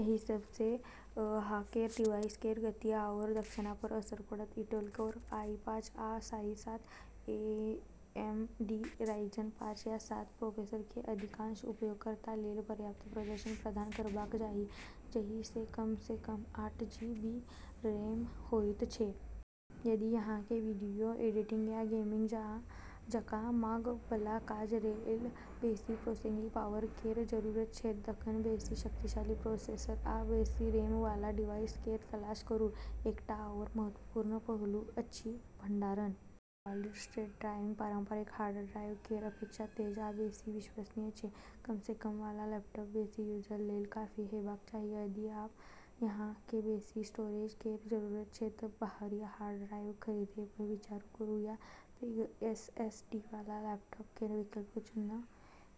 एहि सब सँ अहाँ केर डिवाइस केर गति आओर दक्षता पर असर पड़त। इंटेल कोर आई पाँच या आई सात या ए एम डी राइजन पाँच या सात प्रोसेसर केँ अधिकांश उपयोगकर्ता लेल पर्याप्त प्रदर्शन प्रदान करबाक चाही, जहि मे कम सँ कम आठ जी बी रैम होइत छै। यदि अहाँ केँ वीडियो एडिटिंग या गेमिंग जकाँ मांग बला काज लेल बेसि प्रोसेसिंग पावर केर जरूरत छै, तखन बेसि शक्तिशाली प्रोसेसर आ बेसि रैम वाला डिवाइस केर तलाश करू। एकटा आओर महत्वपूर्ण पहलू अछि भंडारण। सॉलिड-स्टेट ड्राइव पारंपरिक हार्ड ड्राइव केर अपेक्षा तेज आ बेसि विश्वसनीय छै। कम सँ कम वाला लैपटॉप बेसि यूजर लेल काफी हेबाक चाही। यदि अहाँ केँ बेसि स्टोरेज केर जरूरत छै त बाहरी हार्ड ड्राइव खरीदय पर विचार करू या पैघ एसएसडी वाला लैपटॉप केर विकल्प चुनय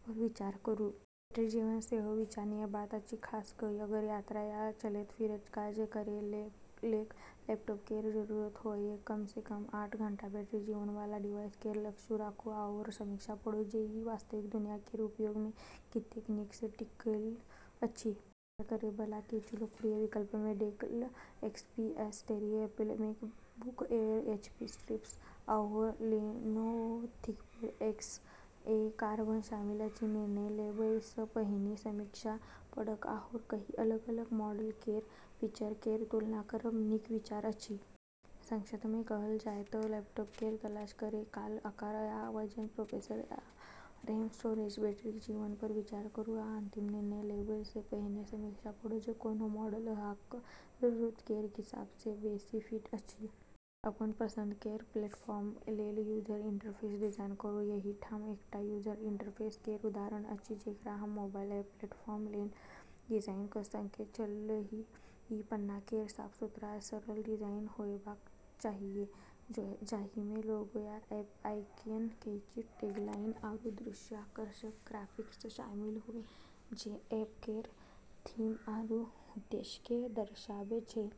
पर विचार करू। बैटरी जीवन सेहो विचारणीय बात अछि, खास कऽ अगर यात्रा या चलैत-फिरैत काज करै लेल लैपटॉप केर जरूरत होअय। कम सँ कम आठ घंटा बैटरी जीवन वाला डिवाइस केर लक्ष्य राखू, आओर समीक्षा पढ़ू जे ई वास्तविक दुनिया केर उपयोग मे कतेक नीक सँ टिकल अछि। विचार करै बला किछु लोकप्रिय विकल्प मे डेल एक्स पी एस तेरह, Apple MacBook Air, HP Spectrum, आओर लेनोवो थिंकपैड एक्स एक कार्बन शामिल अछि। निर्णय लेबय सँ पहिने समीक्षा पढ़ब आओर कई अलग-अलग मॉडल केर फीचर केर तुलना करब नीक विचार अछि। संक्षेप मे कहल जाय तऽ लैपटॉप केर तलाश करै काल आकार आ वजन, प्रोसेसर आ रैम, स्टोरेज, बैटरी जीवन पर विचार करू आ अंतिम निर्णय लेबय सँ पहिने समीक्षा पढ़ू जे कोनो मॉडल अहाँक जरूरत केर हिसाब सँ बेसि फिट अछि। अपन पसंद केर प्लेटफॉर्म लेल यूजर इंटरफेस डिजाइन करू। एहि ठाम एकटा यूजर इंटरफेस केर उदाहरण अछि जेकरा हम मोबाइल ऐप प्लेटफॉर्म लेल डिजाइन कऽ सकैत छलहुँ। ई पन्ना केर साफ-सुथरा, सरल डिजाइन होयबाक चाहियै जाहिमे लोगो या ऐप आइकन, कैची टैगलाइन आरू दृश्य आकर्षक ग्राफिक्स शामिल होय जे ऐप केर थीम आरू उद्देश्य केँ दर्शाबै छै।